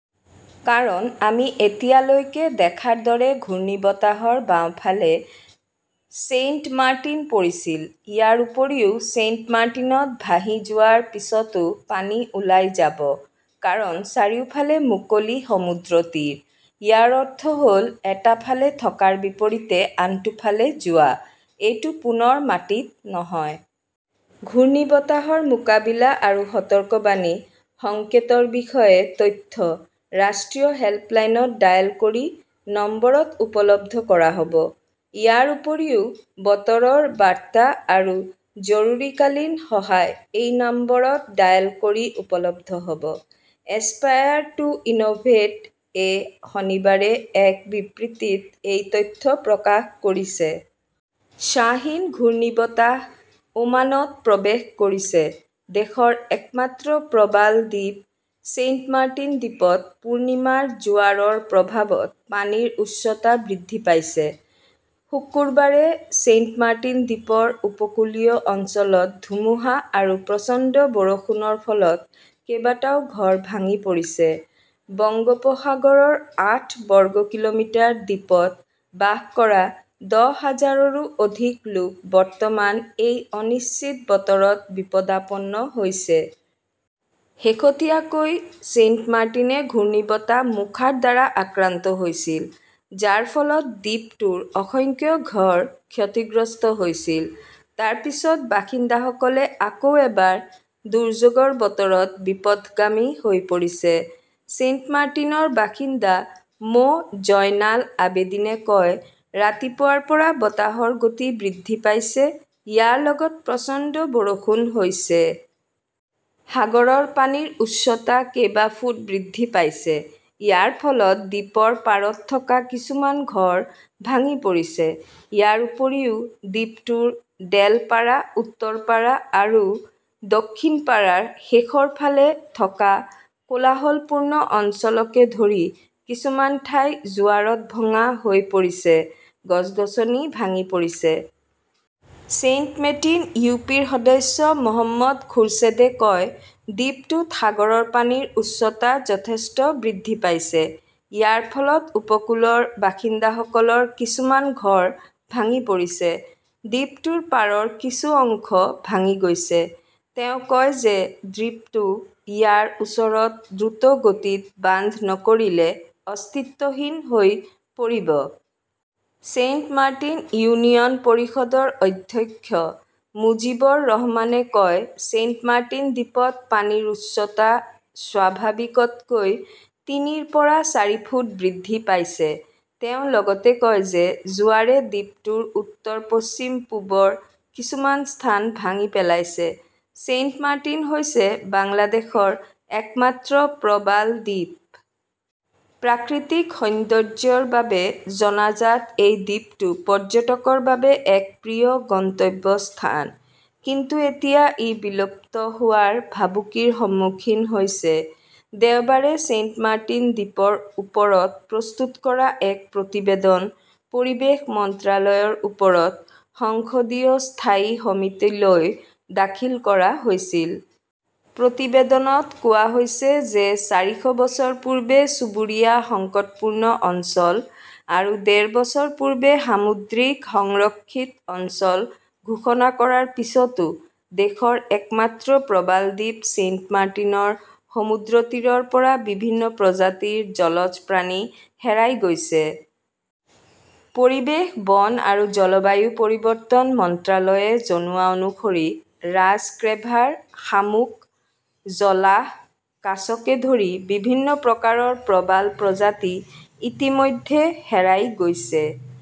কাৰণ, আমি এতিয়ালৈকে দেখাৰ দৰে ঘূৰ্ণীবতাহৰ বাওঁফালে ছেইণ্টমাৰ্টিন পৰিছিল। ইয়াৰ উপৰিও, ছেইণ্টমাৰ্টিনত ভাহি যোৱাৰ পিছতো পানী ওলাই যাব। কাৰণ, চাৰিওফালে মুকলি সমুদ্ৰতীৰ। ইয়াৰ অৰ্থ হ'ল এটা ফালে থকাৰ বিপৰীতে আনটো ফালে যোৱা। এইটো পুনৰ মাটিত নহয়। ঘূৰ্ণীবতাহৰ মোকাবিলা আৰু সতৰ্কবাণী সংকেতৰ বিষয়ে তথ্য ৰাষ্ট্ৰীয় হেল্পলাইনত ডায়াল কৰি নম্বৰত উপলব্ধ কৰা হ'ব। ইয়াৰ উপৰিও, বতৰৰ বাৰ্তা আৰু জৰুৰীকালীন সহায় এই নম্বৰত ডায়াল কৰি উপলব্ধ হ 'ব। এছপেয়াৰ টু ইনোভেট এ শনিবাৰে এক বিবৃতিত এই তথ্য প্ৰকাশ কৰিছে। শ্বাহীন ঘূৰ্ণীবতাহ ওমানত প্ৰৱেশ কৰিছে দেশৰ একমাত্ৰ প্ৰবাল দ্বীপ ছেইণ্টমাৰ্টিন দ্বীপত পূৰ্ণিমাৰ জোৱাৰৰ প্ৰভাৱত পানীৰ উচ্চতা বৃদ্ধি পাইছে। শুকুৰবাৰে ছেইণ্টমাৰ্টিন দ্বীপৰ উপকূলীয় অঞ্চলত ধুমুহা আৰু প্ৰচণ্ড বৰষুণৰ ফলত কেইবাটাও ঘৰ ভাঙি পৰিছে। বংগোপসাগৰৰ আঠ বৰ্গ কিলোমিটাৰ দ্বীপত বাস কৰা দহ হাজাৰৰো অধিক লোক বৰ্তমান এই অনিশ্চিত বতৰত বিপদাপন্ন হৈছে। শেহতীয়াকৈ, ছেইণ্টমাৰ্টিনে ঘূৰ্ণীবতাহ মোখাৰ দ্বাৰা আক্ৰান্ত হৈছিল, যাৰ ফলত দ্বীপটোৰ অসংখ্য ঘৰ ক্ষতিগ্ৰস্ত হৈছিল। তাৰ পিছত বাসিন্দাসকলে আকৌ এবাৰ দুৰ্যোগৰ বতৰত বিপথগামী হৈ পৰিছে। ছেইণ্টমাৰ্টিনৰ বাসিন্দা মো. জয়নাল আবেদীনে কয়, ৰাতিপুৱাৰ পৰা বতাহৰ গতি বৃদ্ধি পাইছে, ইয়াৰ লগত প্ৰচণ্ড বৰষুণ হৈছে। সাগৰৰ পানীৰ উচ্চতা কেইবা ফুট বৃদ্ধি পাইছে। ইয়াৰ ফলত দ্বীপৰ পাৰত থকা কিছুমান ঘৰ ভাঙি পৰিছে। ইয়াৰ উপৰিও দ্বীপটোৰ ডেলপাৰা, উত্তৰপাৰা আৰু দক্ষিণপাৰাৰ শেষৰ ফালে থকা কোলাহলপূৰ্ণ অঞ্চলকে ধৰি কিছুমান ঠাই জোৱাৰত ভঙা হৈ পৰিছে, গছ-গছনি ভাঙি পৰিছে। Saint Martin U. পি. ৰ সদস্য মহম্মদ খোৰছেডে কয়, দ্বীপটোত সাগৰৰ পানীৰ উচ্চতা যথেষ্ট বৃদ্ধি পাইছে। ইয়াৰ ফলত উপকূলৰ বাসিন্দাসকলৰ কিছুমান ঘৰ ভাঙি পৰিছে। দ্বীপটোৰ পাৰৰ কিছু অংশ ভাঙি গৈছে। তেওঁ কয় যে দ্ৰীপটো ইয়াৰ ওচৰত দ্ৰুতগতিত বান্ধ নকৰিলে অস্তিত্বহীন হৈ পৰিব। ছেইণ্টমাৰ্টিন ইউনিয়ন পৰিষদৰ অধ্যক্ষ মুজীবৰ ৰহমানে কয়, "ছেইণ্টমাৰ্টিন দ্বীপত পানীৰ উচ্চতা স্বাভাৱিকতকৈ তিনিৰ পৰা চাৰি ফুট বৃদ্ধি পাইছে।" তেওঁ লগতে কয় যে জোৱাৰে দ্বীপটোৰ উত্তৰ, পশ্চিম-পূবৰ কিছুমান স্থান ভাঙি পেলাইছে। ছেইণ্টমাৰ্টিন হৈছে বাংলাদেশৰ একমাত্ৰ প্ৰবাল দ্বীপ। প্ৰাকৃতিক সৌন্দৰ্য্যৰ বাবে জনাজাত এই দ্বীপটো পৰ্যটকৰ বাবে এক প্ৰিয় গন্তব্যস্থান। কিন্তু এতিয়া ই বিলুপ্ত হোৱাৰ ভাবুকিৰ সন্মুখীন হৈছে। দেওবাৰে ছেইণ্টমাৰ্টিন দ্বীপৰ ওপৰত প্ৰস্তুত কৰা এক প্ৰতিবেদন পৰিৱেশ মন্ত্ৰালয়ৰ ওপৰত সংসদীয় স্থায়ী সমিতিলৈ দাখিল কৰা হৈছিল। প্ৰতিবেদনত কোৱা হৈছে যে চাৰিশ বছৰ পূৰ্বে চুবুৰীয়া সংকটপূৰ্ণ অঞ্চল আৰু ডেৰ বছৰ পূৰ্বে সামুদ্ৰিক সংৰক্ষিত অঞ্চল ঘোষণা কৰাৰ পিছতো দেশৰ একমাত্ৰ প্ৰবাল দ্বীপ ছেইণ্টমাৰ্টিনৰ সমুদ্ৰতীৰৰ পৰা বিভিন্ন প্ৰজাতিৰ জলজ প্ৰাণী হেৰাই গৈছে। পৰিৱেশ, বন আৰু জলবায়ু পৰিৱৰ্তন মন্ত্ৰালয়ে জনোৱা অনুসৰি ৰাজ ক্ৰেভাৰ, শামুক, জলাহ, কাছকে ধৰি বিভিন্ন প্ৰকাৰৰ প্ৰবাল প্ৰজাতি ইতিমধ্যে হেৰাই গৈছে।